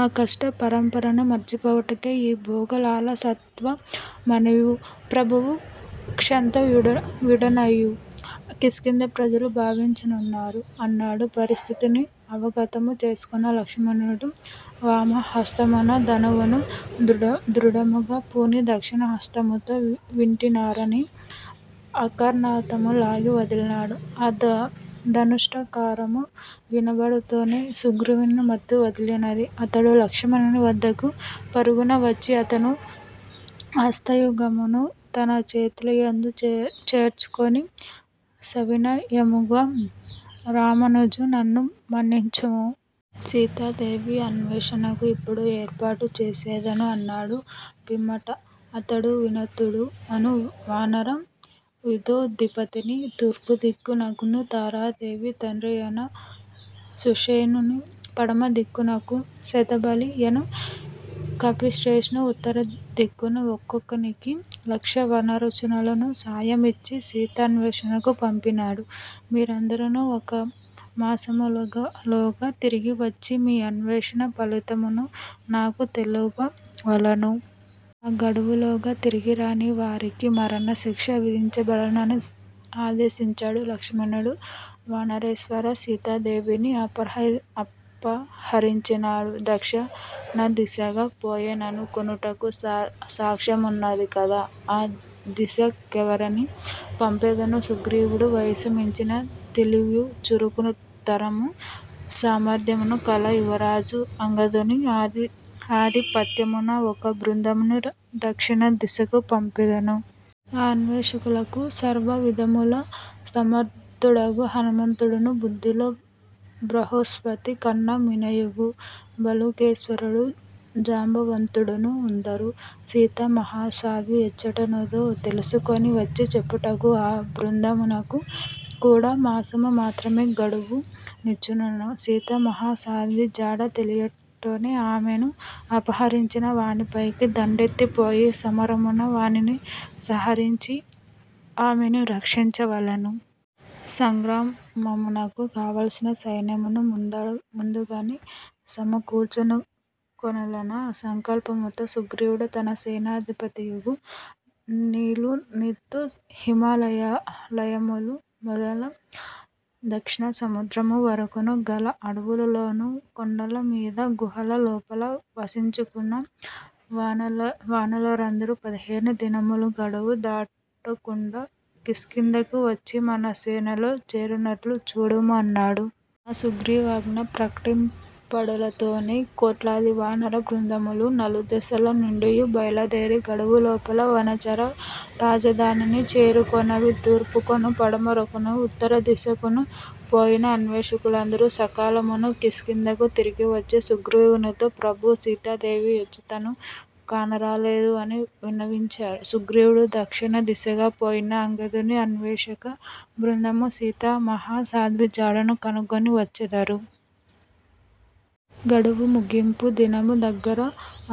ఆ కష్టపరంపరను మరచిపోవుటకే ఈ భోగ లాలసత్వమనియూ, ప్రభువు క్షంతవ్యుడనియూ కిష్కింధ ప్రజలు భావించుచున్నారు అన్నాడు. పరిస్థితిని అవగతము చేసికొన్న లక్ష్మణుడు వామహస్తమున ధనువును దృఢముగ పూని దక్షిణహస్తముతో వింటినారిని ఆకర్నాంతము లాగి వదలినాడు. ఆ ధనుష్టంకారము వినబడుటతోనే సుగ్రీవుని మత్తు వదలినది. అతడు లక్ష్మణుని వద్దకు పరుగున వచ్చి అతని హస్తయుగ్మమును తన చేతులయందు చేర్చుకొని సవినయముగ రామానుజా, నన్ను మన్నించుము. సీతాదేవి అన్వేషణకు ఇప్పుడే ఏర్పాటు చేసెదను అన్నాడు పిమ్మట అతడు వినతుడు అను వానర యూథౌధిపతిని తూర్పుదిక్కు నకునూ తారాదేవి తండ్రియైన సుషేణు ని పడమటి దిక్కునకును 'శతబలి' యను కపిశ్రేష్ఠుని ఉత్తరదికును ఒక్కొక్కనికినీ లక్ష వనచరులను సాయమిచ్చి సీతాన్వేషణకు పంపినాడు. మీరందరునూ ఒక మాసములోగా తిరిగి వచ్చి మీ అన్వేషణ ఫలితముణు నాకు తెలుపవలెను. ఆ గడువులోగా తిరిగిరాని వారికి మరణశిక్ష విధించబడును అని ఆదేశించినాడు. లక్ష్మణుడు వానరేశ్వరా సీతాదేవిని అపహరించినవాడు దక్షిణదిశగా పోయెనను కొనుటకు సాక్ష్యమున్నది కదా. ఆ దిశకెవ్వరిని పంపెదవు? సుగ్రీవుడు వయసును మించిన తెలివియూ చురుకుతనమునూ, సామర్ధ్యమునూ కల యువరాజు అంగదుని ఆధిపత్యమున ఒక బృందమును దక్షిణదిశకు పంపెదను. ఆ అన్వేషకులలో సర్వవిధముల సమర్ధుడగు హనుమంతుడునూ బుద్దిలో బృహస్పతి కన్న మిన్నయగు భల్లుకేశ్వరుడు జాంబవంతుడునూ ఉందురు. సీతా మహాసాధ్వి ఎచ్చటనున్నదో తెలిసికొని వచ్చి చెప్పుటకు ఆ బృందమునకు కూడ మాసము మాత్రమే గడువు నిచ్చుచున్నాను. సీతా మాహాసాద్వి జాడ తెలియుటతోనే ఆమెను అపహరించిన వానిపైకి దండెత్తిపోయి సమరమున వానిని సహరించి ఆమెను రక్షించవలెను. సంగ్రామమునకు కావలసిన సైన్యమును ముందుగనె సమకూర్చుకొనవలెనన్న సంకల్పముతో సుగ్రీవుడు తన సేనాధిపతియగు నీలునితో హిమాలయములు మొదలు దక్షిణ సముద్రము వరకును గల అడవులలోనూ కొండల మీదా గుహల లోపలా వసించుచున్న వానరులందరూ పదిహేను దినముల గడువు దాటకుండ కిష్కింధకు వచ్చి మన సేనలో చేరునట్లు చూడుము అన్నాడు. ఆ సుగ్రీవాజ్ఞ ప్రకటింపబడుటతోనే కోట్లాది వానర బృందములు నలుదెసల నుండియు బయలుదేరి గడువు లోపల వనచర రాజధానిని చేరుకొన్నవి. తూర్పుకును పడమరకును ఉత్తరదిశకును పోయిన అన్వేషకులందరు సకాలమున కిష్కింధకు తిరిగివచ్చి సుగ్రీవునితో ప్రభూ సీతాదేవి యెచ్చతను కానరాలేదు అని విన్నవించినారు. సుగ్రీవుడు దక్షిణదిశగా పోయిన అంగదుని అన్వేషక బృందము సీతా మహాసాధ్వి జాడను కనుగొని వచ్చెదరు. గడువు ముగింపు దినము దగ్గర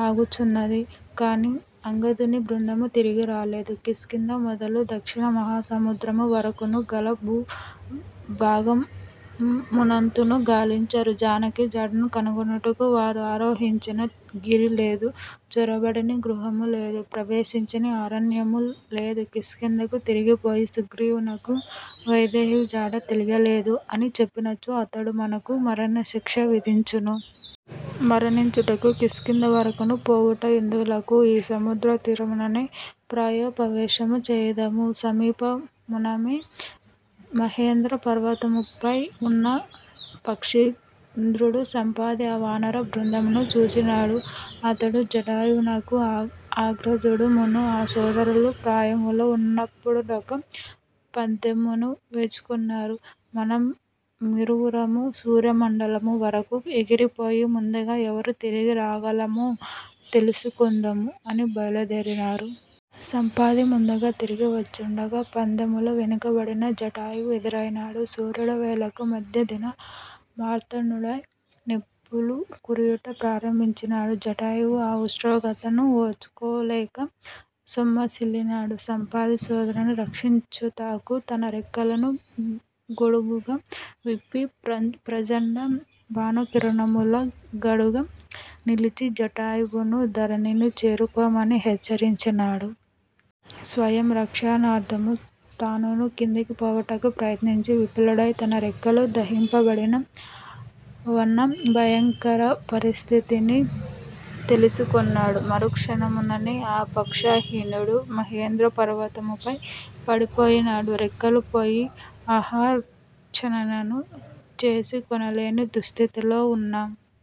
అగుచున్నది కాని అంగదుని బృందము తిరిగి రాలేదు. కిష్కింధ మొదలు దక్షిణ మహాసముద్రము వరకును గల భూ భాగమునంతనూ గాలించినారు. జానకి జాడను కనుగొనుటకు వారు ఆరోహించని గిరి లేదు. చొరబడని గృహము లేదు; ప్రవేశించని అరణ్యము లేదు కిష్కింధకు తిరిగిపోయి సుగ్రీవునకు 'వైదేహి జాడ తెలియలేదు' అని చెప్పినచో ఆతడు మనకు మరణశిక్ష విధించును. మరణించుటకు కిష్కింధ వరకును పోవుట ఎందులకు? ఈ సముద్ర తీరముననె ప్రాయోపవేశము చేయుదము. సమీపముననె మహేంద్రా పర్వతముపై నున్న పక్షీంద్రుడు 'సంపాతి' ఆ వానర బృందమును చూచినాడు. అతడు జటాయువునకు అగ్రజుడు. మున్ను ఆ సోదరులు ప్రాయములో ఉన్నప్పుడొక పందెమును వేచుకొన్నారు. మనమిరువురము సూర్యమండలము వరకును ఎగిరిపోయి ముందుగా ఎవరు తిరిగి రాగలమో తెలిసికొందము అని బయలుదేరినారు. సంపాతి ముందుగా తిరిగివచ్చుచుండగా పందెములో వెనుకబడిన జటాయువు ఎదురైనాడు. సూర్యుడావేళకు మధ్య దిన మార్తాండుడై నిప్పులు కురియుట ప్రారంభించినాడు. జటాయువు ఆ ఉష్ణోగ్రతను ఓర్చుకొనలేక సొమ్మసిల్లినాడు. సంపాతి సోదరుని రక్షించుతాకు తన రెక్కలను గొడుగుగా విప్పి ప్రచండ భానుకిరణముల కడ్డుగా నిలిచి జటాయువును ధరణిని చేరుకొమ్మని హెచ్చరించినాడు. స్వయం రక్షణార్ధము తానునూ కిందికి పోవుటకు ప్రయత్నించి విఫలుడై తన రెక్కలు దహింపబడిన వన్న భయంకర పరిస్థితిని తెలిసికొన్నాడు. మరుక్షణముననే ఆ పక్షహీనుడు మహేంద్ర పర్వతముపై పడిపోయినాడు. రెక్కలు పోయి ఆహారార్జనను చేసికొనలేని దుస్థితిలో ఉన్న